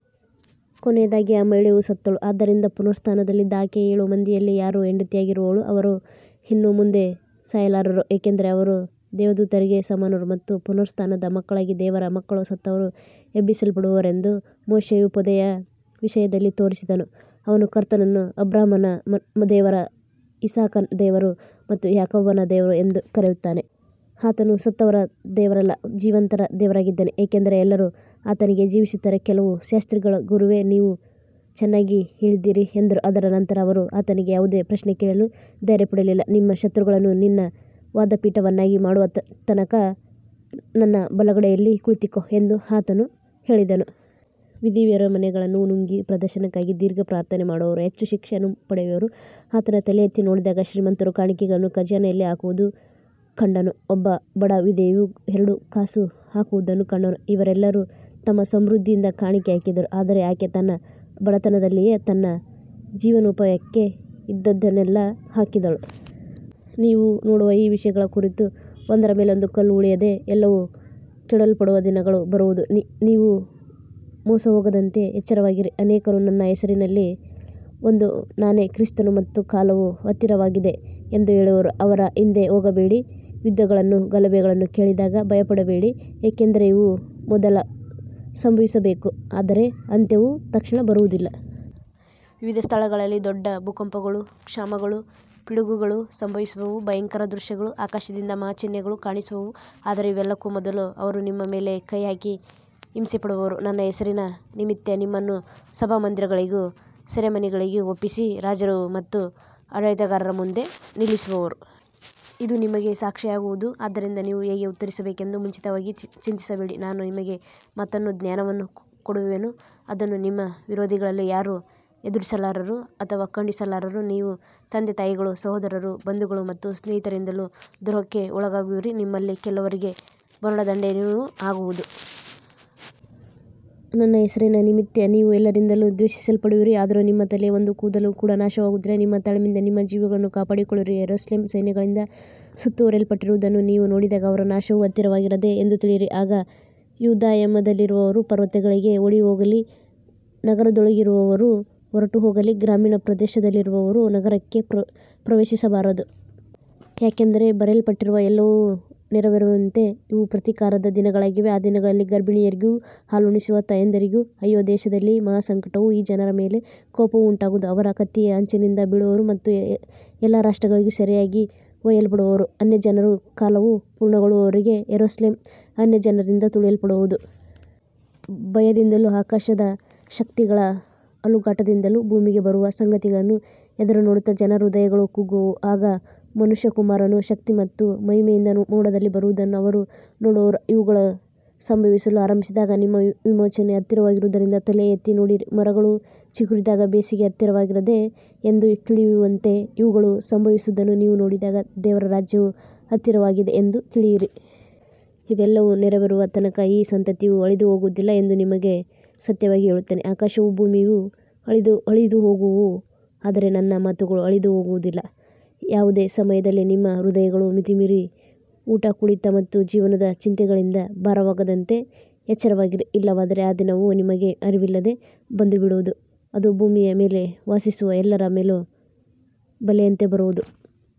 ಕೊನೆಯದಾಗಿ ಆ ಮಹಿಳೆಯೂ ಸತ್ತಳು. ಆದ್ದರಿಂದ ಪುನರುತ್ಥಾನದಲ್ಲಿ ಆಕೆ ಏಳು ಮಂದಿಯಲ್ಲಿ ಯಾರ ಹೆಂಡತಿಯಾಗಿರುವಳು. ಅವರು ಇನ್ನು ಮುಂದೆ ಸಾಯಲಾರರು, ಏಕೆಂದರೆ ಅವರು ದೇವದೂತರಿಗೆ ಸಮಾನರು ಮತ್ತು ಪುನರುತ್ಥಾನದ ಮಕ್ಕಳಾಗಿ ದೇವರ ಮಕ್ಕಳು. ಸತ್ತವರು ಎಬ್ಬಿಸಲ್ಪಡುವರೆಂದು ಮೋಶೆಯು ಪೊದೆಯ ವಿಷಯದಲ್ಲಿ ತೋರಿಸಿದನು. ಅವನು ಕರ್ತನನ್ನು ಅಬ್ರಹಾಮನ ದೇವರು, ಇಸಾಕನ ದೇವರು ಮತ್ತು ಯಾಕೋಬನ ದೇವರು ಎಂದು ಕರೆಯುತ್ತಾನೆ. ಆತನು ಸತ್ತವರ ದೇವರಲ್ಲ, ಜೀವಂತರ ದೇವರಾಗಿದ್ದಾನೆ, ಏಕೆಂದರೆ ಎಲ್ಲರೂ ಆತನಿಗೆ ಜೀವಿಸುತ್ತಾರೆ. ಕೆಲವು ಶಾಸ್ತ್ರಿಗಳು, ಗುರುವೇ, ನೀವು ಚೆನ್ನಾಗಿ ಹೇಳಿದ್ದೀರಿ ಎಂದರು. ಅದರ ನಂತರ ಅವರು ಆತನಿಗೆ ಯಾವುದೇ ಪ್ರಶ್ನೆ ಕೇಳಲು ಧೈರ್ಯಪಡಲಿಲ್ಲ. ನಿಮ್ಮ ಶತ್ರುಗಳನ್ನು ನಿನ್ನ ಪಾದಪೀಠವನ್ನಾಗಿ ಮಾಡುವ ತನಕ ನನ್ನ ಬಲಗಡೆಯಲ್ಲಿ ಕುಳಿತುಕೋ ಎಂದು ಆತನು ಹೇಳಿದನು. ವಿಧವೆಯರ ಮನೆಗಳನ್ನು ನುಂಗಿ ಪ್ರದರ್ಶನಕ್ಕಾಗಿ ದೀರ್ಘ ಪ್ರಾರ್ಥನೆ ಮಾಡುವವರು ಹೆಚ್ಚು ಶಿಕ್ಷೆಯನ್ನು ಪಡೆಯುವರು. ಆತನು ತಲೆಯೆತ್ತಿ ನೋಡಿದಾಗ ಶ್ರೀಮಂತರು ಕಾಣಿಕೆಗಳನ್ನು ಖಜಾನೆಯಲ್ಲಿ ಹಾಕುವುದನ್ನು ಕಂಡನು. ಒಬ್ಬ ಬಡ ವಿಧವೆಯು ಎರಡು ಕಾಸು ಹಾಕುವುದನ್ನೂ ಕಂಡನು. ಇವರೆಲ್ಲರೂ ತಮ್ಮ ಸಮೃದ್ಧಿಯಿಂದ ಕಾಣಿಕೆ ಹಾಕಿದರು, ಆದರೆ ಆಕೆ ತನ್ನ ಬಡತನದಲ್ಲಿಯೇ ತನ್ನ ಜೀವನೋಪಾಯಕ್ಕೆ ಇದ್ದದ್ದನ್ನೆಲ್ಲ ಹಾಕಿದಳು. ನೀವು ನೋಡುವ ಈ ವಿಷಯಗಳ ಕುರಿತು, ಒಂದರ ಮೇಲೊಂದು ಕಲ್ಲು ಉಳಿಯದೆ ಎಲ್ಲವೂ ಕೆಡವಲ್ಪಡುವ ದಿನಗಳು ಬರುವವು. ನೀವು ಮೋಸಹೋಗದಂತೆ ಎಚ್ಚರವಾಗಿರಿ. ಅನೇಕರು ನನ್ನ ಹೆಸರಿನಲ್ಲಿ ಬಂದು, ನಾನೇ ಕ್ರಿಸ್ತನು ಮತ್ತು ಕಾಲವು ಹತ್ತಿರವಾಗಿದೆ ಎಂದು ಹೇಳುವರು. ಅವರ ಹಿಂದೆ ಹೋಗಬೇಡಿ. ಯುದ್ಧಗಳನ್ನೂ ಗಲಭೆಗಳನ್ನೂ ಕೇಳಿದಾಗ ಭಯಪಡಬೇಡಿ, ಏಕೆಂದರೆ ಇವು ಮೊದಲು ಸಂಭವಿಸಬೇಕು, ಆದರೆ ಅಂತ್ಯವು ತಕ್ಷಣ ಬರುವುದಿಲ್ಲ. ವಿವಿಧ ಸ್ಥಳಗಳಲ್ಲಿ ದೊಡ್ಡ ಭೂಕಂಪಗಳೂ ಕ್ಷಾಮಗಳೂ ಪಿಡುಗುಗಳೂ ಸಂಭವಿಸುವವು. ಭಯಂಕರ ದೃಶ್ಯಗಳೂ ಆಕಾಶದಿಂದ ಮಹಾ ಚಿಹ್ನೆಗಳೂ ಕಾಣಿಸುವವು. ಆದರೆ ಇವೆಲ್ಲಕ್ಕೂ ಮೊದಲು ಅವರು ನಿಮ್ಮ ಮೇಲೆ ಕೈಹಾಕಿ ಹಿಂಸೆಪಡಿಸುವರು. ನನ್ನ ಹೆಸರಿನ ನಿಮಿತ್ತ ನಿಮ್ಮನ್ನು ಸಭಾಮಂದಿರಗಳಿಗೂ ಸೆರೆಮನೆಗಳಿಗೂ ಒಪ್ಪಿಸಿ, ರಾಜರು ಮತ್ತು ಆಡಳಿತಗಾರರ ಮುಂದೆ ನಿಲ್ಲಿಸುವರು. ಇದು ನಿಮಗೆ ಸಾಕ್ಷಿಯಾಗುವುದು. ಆದ್ದರಿಂದ ನೀವು ಹೇಗೆ ಉತ್ತರಿಸಬೇಕೆಂದು ಮುಂಚಿತವಾಗಿ ಚಿಂತಿಸಬೇಡಿ. ನಾನು ನಿಮಗೆ ಮಾತನ್ನೂ ಜ್ಞಾನವನ್ನೂ ಕೊಡುವೆನು, ಅದನ್ನು ನಿಮ್ಮ ವಿರೋಧಿಗಳಲ್ಲಿ ಯಾರೂ ಎದುರಿಸಲಾರರು ಅಥವಾ ಖಂಡಿಸಲಾರರು. ನೀವು ತಂದೆತಾಯಿಗಳು, ಸಹೋದರರು, ಬಂಧುಗಳು ಮತ್ತು ಸ್ನೇಹಿತರಿಂದಲೂ ದ್ರೋಹಕ್ಕೆ ಒಳಗಾಗುವಿರಿ. ನಿಮ್ಮಲ್ಲಿ ಕೆಲವರಿಗೆ ಮರಣದಂಡನೆಯೂ ಆಗುವುದು. ನನ್ನ ಹೆಸರಿನ ನಿಮಿತ್ತ ನೀವು ಎಲ್ಲರಿಂದಲೂ ದ್ವೇಷಿಸಲ್ಪಡುವಿರಿ. ಆದರೂ ನಿಮ್ಮ ತಲೆಯ ಒಂದು ಕೂದಲು ಕೂಡ ನಾಶವಾಗುವುದಿಲ್ಲ. ನಿಮ್ಮ ತಾಳ್ಮೆಯಿಂದ ನಿಮ್ಮ ಜೀವಗಳನ್ನು ಕಾಪಾಡಿಕೊಳ್ಳಿರಿ. ಯೆರೂಸಲೇಮ್ ಸೈನ್ಯಗಳಿಂದ ಸುತ್ತುವರಿಯಲ್ಪಟ್ಟಿರುವುದನ್ನು ನೀವು ನೋಡಿದಾಗ ಅದರ ನಾಶವು ಹತ್ತಿರವಾಗಿದೆ ಎಂದು ತಿಳಿಯಿರಿ. ಆಗ ಯೂದಾಯದಲ್ಲಿರುವವರು ಪರ್ವತಗಳಿಗೆ ಓಡಿಹೋಗಲಿ, ನಗರದೊಳಗಿರುವವರು ಹೊರಟುಹೋಗಲಿ, ಗ್ರಾಮೀಣ ಪ್ರದೇಶದಲ್ಲಿರುವವರು ನಗರಕ್ಕೆ ಪ್ರವೇಶಿಸಬಾರದು. ಯಾಕಂದರೆ ಬರೆಯಲ್ಪಟ್ಟಿರುವ ಎಲ್ಲವೂ ನೆರವೇರುವಂತೆ ಇವು ಪ್ರತೀಕಾರದ ದಿನಗಳಾಗಿವೆ. ಆ ದಿನಗಳಲ್ಲಿ ಗರ್ಭಿಣಿಯರಿಗೂ ಹಾಲುಣಿಸುವ ತಾಯಂದಿರಿಗೂ ಅಯ್ಯೋ. ದೇಶದಲ್ಲಿ ಮಹಾ ಸಂಕಟವೂ ಈ ಜನರ ಮೇಲೆ ಕೋಪವೂ ಉಂಟಾಗುವುದು. ಅವರು ಕತ್ತಿಯ ಅಂಚಿನಿಂದ ಬೀಳುವರು ಮತ್ತು ಎಲ್ಲಾ ರಾಷ್ಟ್ರಗಳಿಗೆ ಸೆರೆಯಾಗಿ ಒಯ್ಯಲ್ಪಡುವರು. ಅನ್ಯಜನರ ಕಾಲವು ಪೂರ್ಣಗೊಳ್ಳುವವರೆಗೆ ಯೆರೂಸಲೇಮ್ ಅನ್ಯಜನರಿಂದ ತುಳಿಯಲ್ಪಡುವುದು. ಭಯದಿಂದಲೂ ಆಕಾಶದ ಶಕ್ತಿಗಳ ಅಲುಗಾಟದಿಂದಲೂ ಭೂಮಿಗೆ ಬರುವ ಸಂಗತಿಗಳನ್ನು ಎದುರುನೋಡುತ್ತಾ ಜನರ ಹೃದಯಗಳು ಕುಗ್ಗುವವು. ಆಗ ಮನುಷ್ಯಕುಮಾರನು ಶಕ್ತಿ ಮತ್ತು ಮಹಿಮೆಯಿಂದ ಮೋಡದಲ್ಲಿ ಬರುವುದನ್ನು ಅವರು ನೋಡುವರು. ಇವುಗಳು ಸಂಭವಿಸಲು ಆರಂಭಿಸಿದಾಗ ನಿಮ್ಮ ವಿಮೋಚನೆ ಹತ್ತಿರವಾಗಿರುವುದರಿಂದ ತಲೆ ಎತ್ತಿ ನೋಡಿರಿ. ಮರಗಳು ಚಿಗುರಿದಾಗ ಬೇಸಿಗೆ ಹತ್ತಿರವಾಗಿದೆ ಎಂದು ತಿಳಿಯುವಂತೆ, ಇವುಗಳು ಸಂಭವಿಸುವುದನ್ನು ನೀವು ನೋಡಿದಾಗ ದೇವರ ರಾಜ್ಯವು ಹತ್ತಿರವಾಗಿದೆ ಎಂದು ತಿಳಿಯಿರಿ. ಇವೆಲ್ಲವೂ ನೆರವೇರುವ ತನಕ ಈ ಸಂತತಿಯು ಅಳಿದುಹೋಗುವುದಿಲ್ಲ ಎಂದು ನಿಮಗೆ ಸತ್ಯವಾಗಿ ಹೇಳುತ್ತೇನೆ. ಆಕಾಶವೂ ಭೂಮಿಯೂ ಅಳಿದುಹೋಗುವವು, ಆದರೆ ನನ್ನ ಮಾತುಗಳು ಅಳಿದುಹೋಗುವುದಿಲ್ಲ. ಯಾವುದೇ ಸಮಯದಲ್ಲಿ ನಿಮ್ಮ ಹೃದಯಗಳು ಮಿತಿಮೀರಿದ ಊಟ, ಕುಡಿತ ಮತ್ತು ಜೀವನದ ಚಿಂತೆಗಳಿಂದ ಭಾರವಾಗದಂತೆ ಎಚ್ಚರವಾಗಿರಿ. ಇಲ್ಲವಾದರೆ ಆ ದಿನವು ನಿಮಗೆ ಅರಿವಿಲ್ಲದೆ ಬಂದುಬಿಡುವುದು. ಅದು ಭೂಮಿಯ ಮೇಲೆ ವಾಸಿಸುವ ಎಲ್ಲರ ಮೇಲೂ ಬಲೆಯಂತೆ ಬರುವುದು.